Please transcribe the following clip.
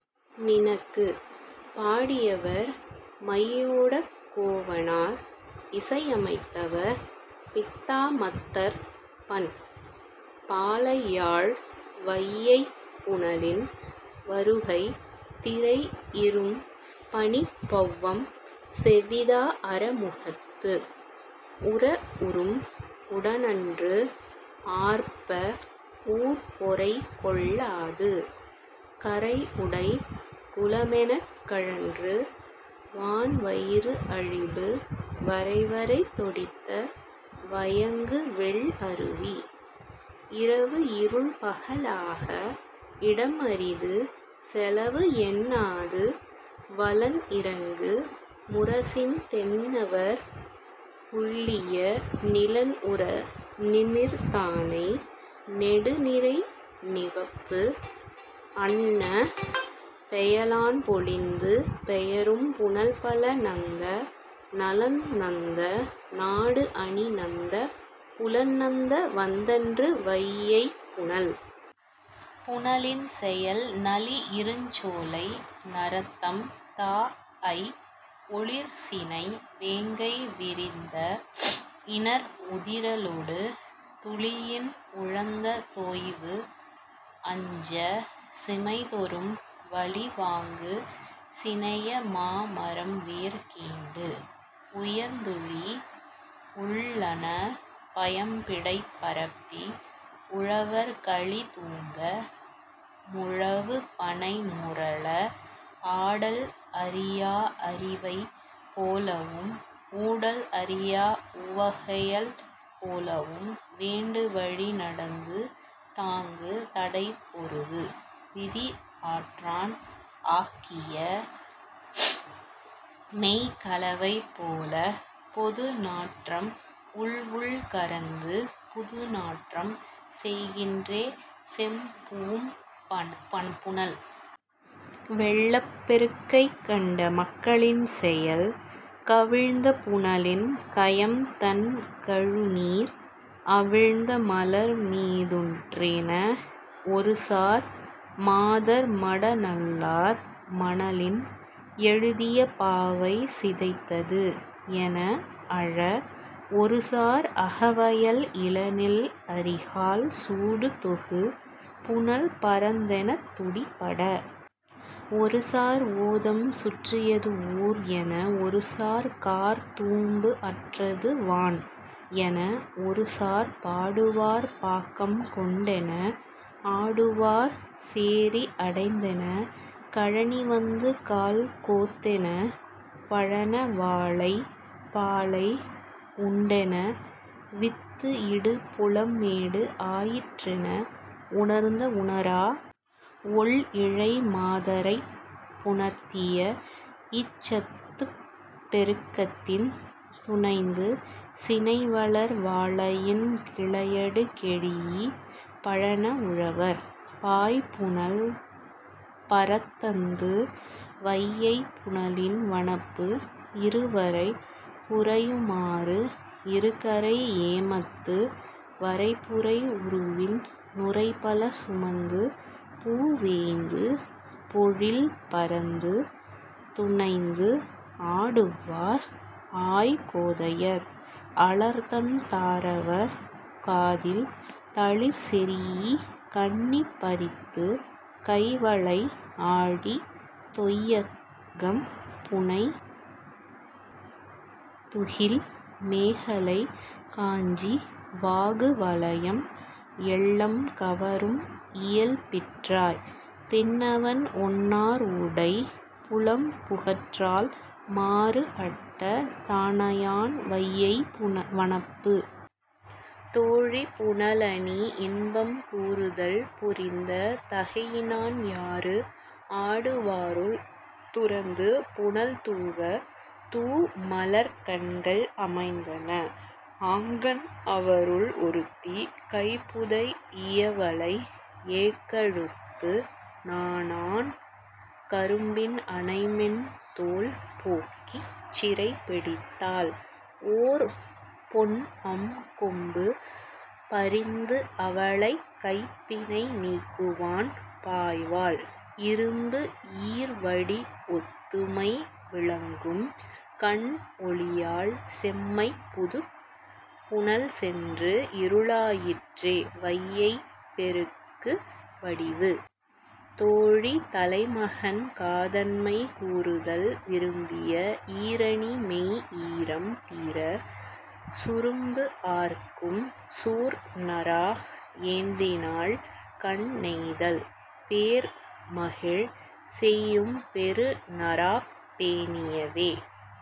நினக்கு.। பாடியவர், மையோடக் கோவனார் இசையமைத்தவர், பித்தாமத்தர் பண், பாலையாழ் வையைப் புனலின் வருகை திரை இரும் பனிப் பௌவம் செவ்விதா அற முகந்து, உர உரும் உடன்று ஆர்ப்ப, ஊர் பொறை கொள்ளாது, கரை உடை குளமெனக் கழன்று, வான் வயிறு அழிபு, வரைவரை தொடித்த வயங்கு வெள் அருவி-- இரவு இருள் பகலாக, இடம் அரிது செலவு என்னாது, வலன் இரங்கு முரசின் தென்னவர் உள்ளிய நிலன் உற நிமிர் தானை நெடு நிரை நிவப்பு அன்ன-- பெயலான் பொலிந்து, பெயரும் புனல் பல நந்த, நலன் நந்த நாடு அணி நந்தப் புலன் நந்த வந்தன்று, வையைப் புனல். புனலின் செயல் நளி இருஞ் சோலை நரந்தம் தாஅய், ஒளிர் சினை வேங்கை விரிந்த இணர் உதிரலொடு, துளியின் உழந்த தோய்வு அருஞ் சிமைதொறும் வளி வாங்கு சினைய மா மரம் வேர் கீண்டு, உய்ர்ந்துழி உள்ளன பயம்பிடைப் பரப்பி; உழவர் களி தூங்க, முழவு பணை முரல, ஆடல் அறியா அரிவை போலவும், ஊடல் அறியா உவகையள் போலவும், வேண்டு வழி நடந்து, தாங்கு தடை பொருது; விதி ஆற்றான் ஆக்கிய மெய்க் கலவை போலப் பொது நாற்றம் உள்உள் கரந்து, புது நாற்றம் செய்கின்றே, செம் பூம் புனல். வெள்ளப் பெருக்கைக் கண்ட மக்களின் செயல் 'கவிழ்ந்த புனலின் கயம் தண் கழுநீர் அவிழ்ந்த மலர் மீதுற்றென, ஒருசார்; மாதர் மடநல்லார், மணலின் எழுதிய பாவை சிதைத்தது' என அழ, ஒருசார்; 'அகவயல் இள நெல் அரிகால் சூடு தொகு புனல் பரந்தெனத் துடி பட, ஒருசார்; 'ஓதம் சுற்றியது ஊர்' என, ஒருசார்; 'கார் தூம்பு அற்றது வான்' என, ஒருசார்; 'பாடுவார் பாக்கம் கொண்டென, ஆடுவார் சேரி அடைந்தென, கழனி வந்து கால் கோத்தென, பழன வாளை பாளை உண்டென, வித்து இடு புலம் மேடு ஆயிற்றென, உணர்த்த உணரா ஒள் இழை மாதரைப் புணர்த்திய இச்சத்துப் பெருக்கத்தின் துனைந்து, சினை வளர் வாளையின் கிளையடு கெழீஇ, பழன உழவர், பாய் புனல் பரத்தந்து, வையைப் புனலின் வனப்பு இறு வரை புரையுமாறு இரு கரை ஏமத்து, வரை புரை உருவின் நுரை பல சுமந்து, பூ வேய்ந்து, பொழில் பரந்து; துனைந்து ஆடுவார் ஆய் கோதையர், அலர் தண் தாரவர், காதில் தளிர் செரீஇ, கண்ணி பறித்து; கை வளை, ஆழி, தொய்யகம், புனை துகில், மேகலை, காஞ்சி, வாகுவலயம், எல்லம் கவரும் இயல்பிற்றாய்: தென்னவன் ஒன்னார் உடை புலம் புக்கற்றால்---மாறு அட்ட தானையான் வையை வனப்பு. தோழி புனலணி இன்பம் கூறுதல் புரிந்த தகையினான் யாறு ஆடுவாருள் துரந்து புனல் தூவ, தூ மலர்க் கண்கள் அமைந்தன; ஆங்கண், அவருள் ஒருத்தி, கை புதைஇய வளை ஏக்கழுத்து நாணான் கரும்பின் அணை மென் தோள் போக்கிச் சிறைப்பிடித்தாள்; ஓர் பொன் அம் கொம்பு பரிந்து அவளைக் கைப் பிணை நீக்குவான் பாய்வாள்; இரும்பு ஈர் வடி ஒத்து மை விளங்கும் கண் ஒளியால் செம்மைப் புதுப் புனல் சென்று இருளாயிற்றே; வையைப் பெருக்கு வடிவு. தோழி தலைமகன் காதன்மை கூறுதல் விரும்பிய ஈரணி மெய் ஈரம் தீர, சுரும்பு ஆர்க்கும் சூர் நறா ஏந்தினாள் கண் நெய்தல்; பேர் மகிழ் செய்யும் பெரு நறாப் பேணியவே,